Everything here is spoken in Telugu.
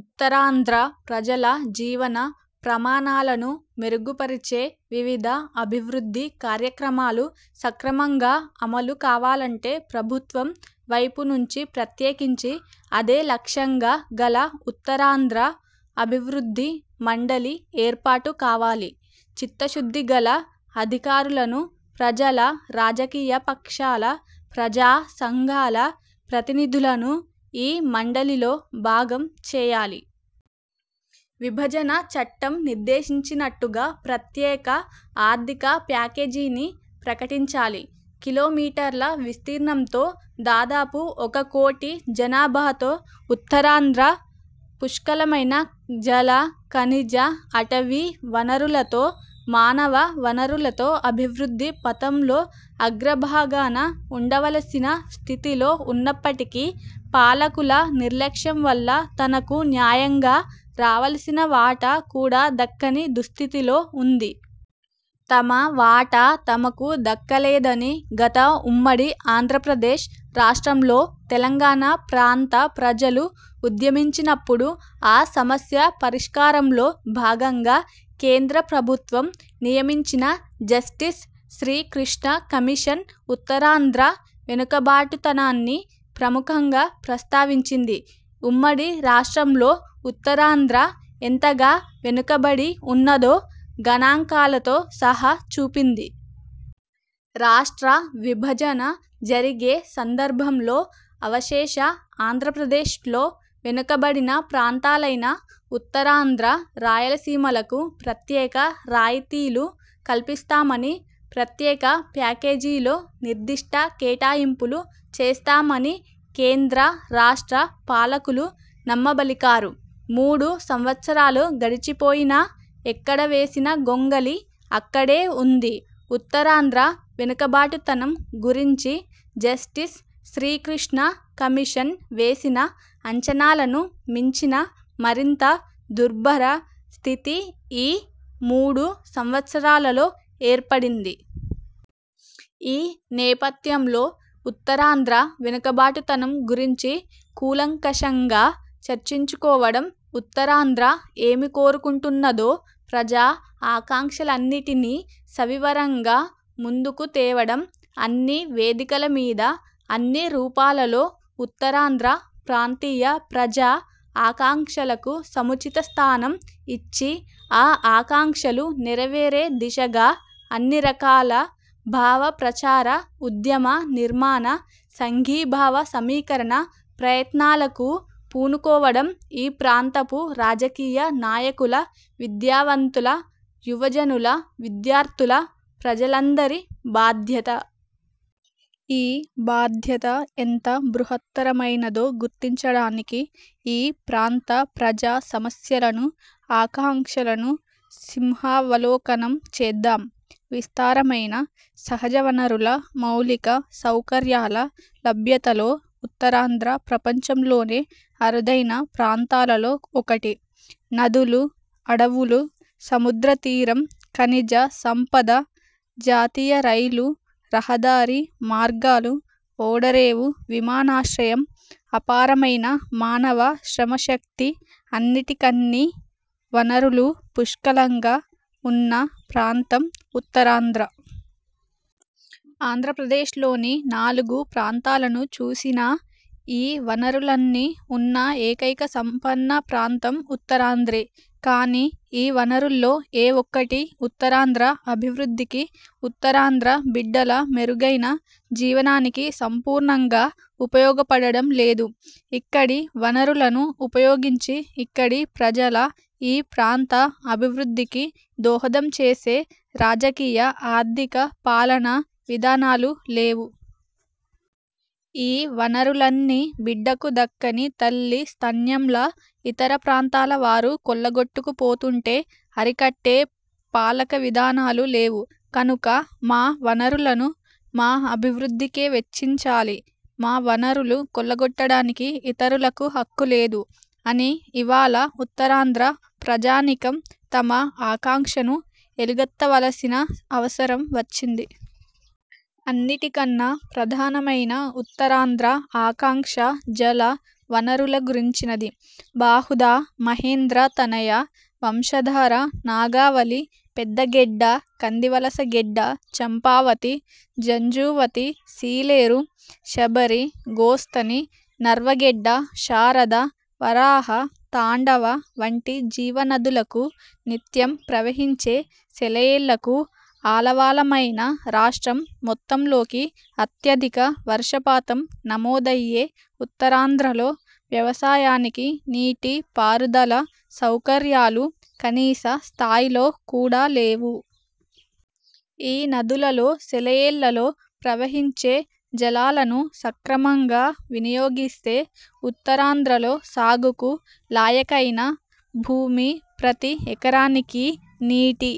ఉత్తరాంధ్ర ప్రజల జీవన ప్రమాణాలను మెరుగు పరిచే వివిధ అభివృద్ధి కార్యక్రమాలు సక్రమంగా అమలు కావాలంటే, ప్రభుత్వం వైపు నుంచి ప్రత్యేకించి అదే లక్ష్యంగా గల ఉత్తరాంధ్ర అభివృద్ధి మండలి ఏర్పాటు కావాలి. చిత్తశుద్ధి గల అధికారులను, ప్రజల, రాజకీయ పక్షాల, ప్రజా సంఘాల ప్రతినిధులను ఈ మండలిలో భాగం చేయాలి. విభజన చట్టం నిర్దేశించినట్టుగా ప్రత్యేక ఆర్థిక ప్యాకేజీని ప్రకటించాలి. కిలో మీటర్ల విస్తీర్ణంతో, దాదాపు ఒక కోటి జనాభాతో ఉత్తరాంధ్ర, పుష్కలమైన జల, ఖనిజ, అటవీ వనరులతో, మానవ వనరులతో అభివృద్ధి పథంలో అగ్ర భాగాన ఉండవలసిన స్థితిలో ఉన్నప్పటికీ, పాలకుల నిర్లక్ష్యం వల్ల తనకు న్యాయంగా రావలసిన వాటా కూడా దక్కని దుస్థితిలో ఉంది. తమ వాటా తమకు దక్కలేదని గత ఉమ్మడి ఆంధ్రప్రదేశ్ రాష్ట్రంలో తెలంగాణ ప్రాంత ప్రజలు ఉద్యమించినప్పుడు, ఆ సమస్య పరిష్కారంలో భాగంగా కేంద్ర ప్రభుత్వం నియమించిన జస్టిస్ శ్రీకృష్ణ కమిషన్ ఉత్తరాంధ్ర వెనుకబాటుతనాన్ని ప్రముఖంగా ప్రస్తావించింది. ఉమ్మడి రాష్ట్రంలో ఉత్తరాంధ్ర ఎంతగా వెనుకబడి ఉన్నదో గణాంకాలతో సహా చూపింది. రాష్ట్ర విభజన జరిగే సందర్భంలో అవశేష ఆంధ్రప్రదేశ్లో వెనుకబడిన ప్రాంతాలైన ఉత్తరాంధ్ర, రాయలసీమలకు ప్రత్యేక రాయితీలు కల్పిస్తామని, ప్రత్యేక ప్యాకేజీలో నిర్దిష్ట కేటాయింపులు చేస్తామని కేంద్ర, రాష్ట్ర పాలకులు నమ్మబలికారు. మూడు సంవత్సరాలు గడిచిపోయినా ఎక్కడవేసిన గొంగళి అక్కడే ఉంది. ఉత్తరాంధ్ర వెనుకబాటుతనం గురించి జస్టిస్ శ్రీకృష్ణ కమిషన్ వేసిన అంచనాలను మించిన మరింత దుర్భర స్థితి ఈ మూడు సంవత్సరాలలో ఏర్పడింది. ఈ నేపథ్యంలో ఉత్తరాంధ్ర వెనుకబాటుతనం గురించి కూలంకషంగా చర్చించుకోవడం, ఉత్తరాంధ్ర ఏమి కోరుకుంటున్నదో ప్రజా ఆకాంక్షలన్నిటినీ సవివరంగా ముందుకు తేవడం, అన్ని వేదికల మీద, అన్ని రూపాలలో ఉత్తరాంధ్ర ప్రాంతీయ ప్రజా ఆకాంక్షలకు సముచిత స్థానం ఇచ్చి, ఆ ఆకాంక్షలు నెరవేరే దిశగా అన్నిరకాల భావ ప్రచార, ఉద్యమ నిర్మాణ, సంఘీభావ సమీకరణ ప్రయత్నాలకూ పూనుకోవడం ఈ ప్రాంతపు రాజకీయ నాయకుల, విద్యావంతుల, యువజనుల, విద్యార్థుల, ప్రజలందరి బాధ్యత. ఈ బాధ్యత ఎంత బృహత్తరమైనదో గుర్తించడానికి ఈ ప్రాంత ప్రజా సమస్యలను, ఆకాంక్షలను సింహావలోకనం చేద్దాం. విస్తారమైన సహజవనరుల, మౌలిక సౌకర్యాల లభ్యతలో ఉత్తరాంధ్ర ప్రపంచంలోనే అరుదైన ప్రాంతాలలో ఒకటి. నదులు, అడవులు, సముద్ర తీరం, ఖనిజ సంపద, జాతీయ రైలు, రహదారి మార్గాలు, ఓడరేవు, విమానాశ్రయం, అపారమైన మానవ శ్రమశక్తి, అన్నిటికన్ని వనరులూ పుష్కలంగా ఉన్న ప్రాంతం ఉత్తరాంధ్ర. ఆంధ్రప్రదేశ్లోని నాలుగు ప్రాంతాలను చూసినా ఈ వనరులన్నీ ఉన్న ఏకైక సంపన్న ప్రాంతం ఉత్తరాంధ్రే. కానీ ఈ వనరుల్లో ఏ ఒక్కటీ ఉత్తరాంధ్ర అభివృద్ధికి, ఉత్తరాంధ్ర బిడ్డల మెరుగైన జీవనానికి సంపూర్ణంగా ఉపయోగపడడం లేదు. ఇక్కడి వనరులను ఉపయోగించి ఇక్కడి ప్రజల, ఈ ప్రాంత అభివృద్ధికి దోహదం చేసే రాజకీయ, ఆర్థిక, పాలనా విధానాలు లేవు. ఈ వనరులన్నీ బిడ్డకు దక్కని తల్లి స్తన్యంలా ఇతర ప్రాంతాల వారు కొల్లగొట్టుకు పోతుంటే అరికట్టే పాలక విధానాలు లేవు. కనుక 'మా వనరులను మా అభివృద్ధికే వెచ్చించాలి', 'మా వనరులు కొల్లగొట్టడానికి ఇతరులకు హక్కు లేదు' అని ఇవాళ ఉత్తరాంధ్ర ప్రజానీకం తమ ఆకాంక్షను ఎలుగెత్తవలసిన అవసరం వచ్చింది. అన్నిటికన్నా ప్రధానమైన ఉత్తరాంధ్ర ఆకాంక్ష జల వనరుల గురించినది. బాహుదా, మహేంద్ర తనయ, వంశధార, నాగావళి, పెద్ద గెడ్డ, కందివలస గెడ్డ, చంపావతి, జంఝావతి, సీలేరు, శబరి, గోస్తని, నర్వ గెడ్డ, శారద, వరాహ, తాండవ వంటి జీవ నదులకూ నిత్యం ప్రవహించే సెలయేళ్లకూ ఆలవాలమైన, రాష్ట్రం మొత్తంలోకి అత్యధిక వర్షపాతం నమోదయ్యే ఉత్తరాంధ్రలో వ్యవసాయానికి నీటి పారుదల సౌకర్యాలు కనీస స్థాయిలో కూడా లేవు. ఈ నదులలో సెలయేళ్లలో ప్రవహించే జలాలను సక్రమంగా వినియోగిస్తే ఉత్తరాంధ్రలో సాగుకు లాయకైన భూమి ప్రతి ఎకరానికీ నీటి